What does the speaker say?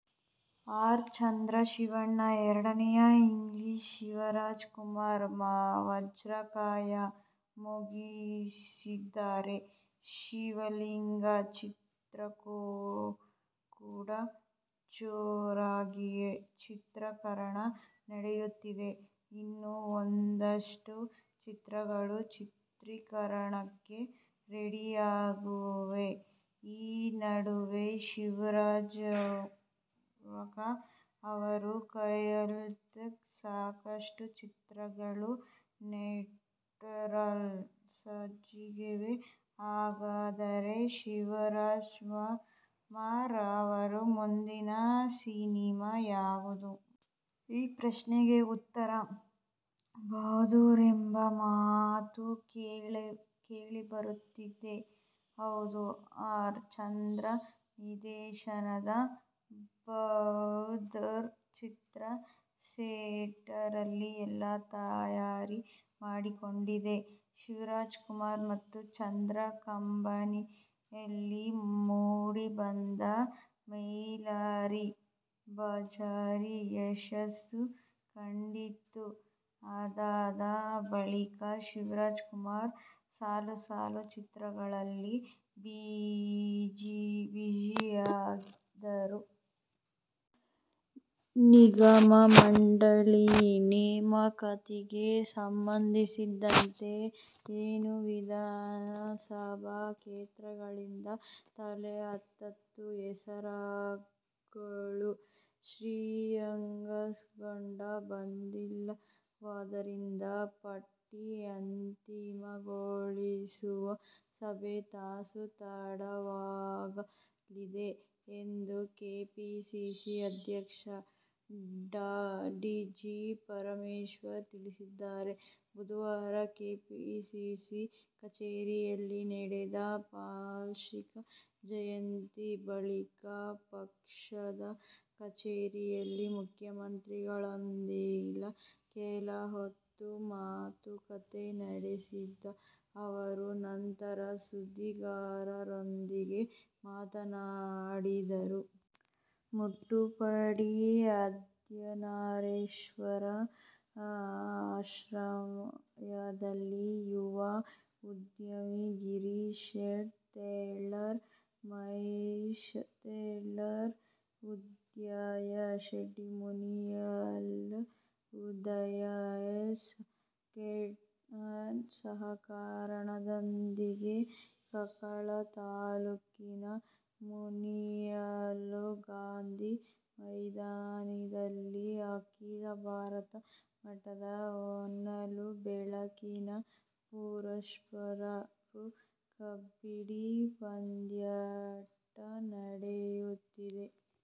R. Chandru Shivanna ಎರಡನೇ innings, Shivarajkumar "Vajrakaya' ಮುಗಿಸಿದ್ದಾರೆ. "ಶಿವಲಿಂಗು' ಚಿತ್ರಕ್ಕೂ ಕೂಡ ಜೋರಾಗಿಯೇ ಚಿತ್ರೀಕರಣ ನಡೆಯುತ್ತಿದೆ. ಇನ್ನೂ ಒಂದಷ್ಟು ಚಿತ್ರಗಳು ಚಿತ್ರೀಕರಣಕ್ಕೆ ರೆಡಿಯಾಗಿವೆ. ಈ ನಡುವೆ ಶಿವರಾಜ್ಕುಮಾರ್ ಅವರ ಕೈಯಲ್ಲಂತೂ ಸಾಕಷ್ಟು ಚಿತ್ರಗಳು ಸೆಟ್ಟೇರಲು ಸಜ್ಜಾಗಿವೆ. ಹಾಗಾದರೆ ಶಿವರಾಜ್ಕುಮಾರ್ ಅವರ ಮುಂದಿನ ಸಿನಿಮಾ ಯಾವುದು? ಈ ಪ್ರಶ್ನೆಗೆ ಉತ್ತರ "ಬಾದ್ಷಾ' ಎಂಬ ಮಾತು ಕೇಳಿಬರುತ್ತಿದೆ. ಹೌದು, ಆರ್. ಚಂದ್ರು ನಿರ್ದೇಶನದ "ಬಾದ್ಷಾ' ಚಿತ್ರ ಸೆಟ್ಟೇರಲು ಎಲ್ಲಾ ತಯಾರಿ ಮಾಡಿಕೊಂಡಿದೆ. ಶಿವರಾಜ್ಕುಮಾರ್ ಮತ್ತು ಚಂದ್ರು ಕಾಂಬಿನೇಷನ್ನಲ್ಲಿ ಮೂಡಿ ಬಂದ "ಮೈಲಾರಿ' ಭರ್ಜರಿ ಯಶಸ್ಸು ಕಂಡಿತ್ತು. ಅದಾದ ಬಳಿಕ ಶಿವರಾಜ್ಕುಮಾರ್ ಸಾಲು ಸಾಲು ಚಿತ್ರಗಳಲ್ಲಿ ಬಿಜಿಯಾದರು. ನಿಗಮ ಮಂಡಳಿ ನೇಮಕಾತಿಗೆ ಸಂಬಂಧಿಸಿದಂತೆ ಇನ್ನೂ ವಿಧಾನಸಭಾ ಕ್ಷೇತ್ರಗಳಿಂದ ತಲಾ ಹತ್ತತ್ತು ಹೆಸರುಗಳು ಶಿಫಾರಸುಗೊಂಡು ಬಂದಿಲ್ಲವಾದ್ದರಿಂದ ಪಟ್ಟಿ ಅಂತಿಮಗೊಳಿಸುವ ಸಭೆ ತುಸು ತಡವಾಗಲಿದೆ ಎಂದು ಕೆಪಿಸಿಸಿ ಅಧ್ಯಕ್ಷ ಡಾ ಜಿ. ಪರಮೇಶ್ವರ್ ತಿಳಿಸಿದ್ದಾರೆ. ಬುಧವಾರ ಕೆಪಿಸಿಸಿ ಕಚೇರಿಯಲ್ಲಿ ನಡೆದ ವಾಲ್ಮೀಕಿ ಜಯಂತಿ ಬಳಿಕ ಪಕ್ಷದ ಕಚೇರಿಯಲ್ಲಿ ಮುಖ್ಯಮಂತ್ರಿಗಳೊಂದಿಗೆ ಕೆಲಹೊತ್ತು ಮಾತುಕತೆ ನಡೆಸಿದ ಅವರು, ನಂತರ ಸುದ್ದಿಗಾರರೊಂದಿಗೆ ಮಾತನಾಡಿದರು. ಮುಟ್ಲುಪಾಡಿ ಅರ್ಧನಾರೀಶ್ವರ ನ್ಪೋರ್ಟ್ಸ್ ಕ್ಲಬ್ ಆಶ್ರಯದಲ್ಲಿ ಯುವ ಉದ್ಯಮಿ ಗಿರೀಶ್ ಶೆಟ್ಟಿ ತೆಳ್ಳಾರ್, ಮಹೇಶ್ ಶೆಟ್ಟಿ ತೆಳ್ಳಾರ್ ನೇತೃತ್ವದಲ್ಲಿ ಉದಯ ಶೆಟ್ಟಿ ಮುನಿಯಾಲು, ಉದಯ ಎಸ್ ಕೋಟ್ಯಾನ್ ಸಹಕಾರದೊಂದಿಗೆ ಕಾರ್ಕಳ ತಾಲೂಕಿನ ಮುನಿಯಾಲು ಗಾಂಧಿ ಮೈದಾನಿನಲ್ಲಿ ಅಖೀಲ ಭಾರತ ಮಟ್ಟದ ಹೊನಲು ಬೆಳಕಿನ ಪುರುಷರ ಪ್ರೊ ಕಬಡ್ಡಿ ಪಂದ್ಯಾಟ ನಡೆಯುತ್ತಿದೆ.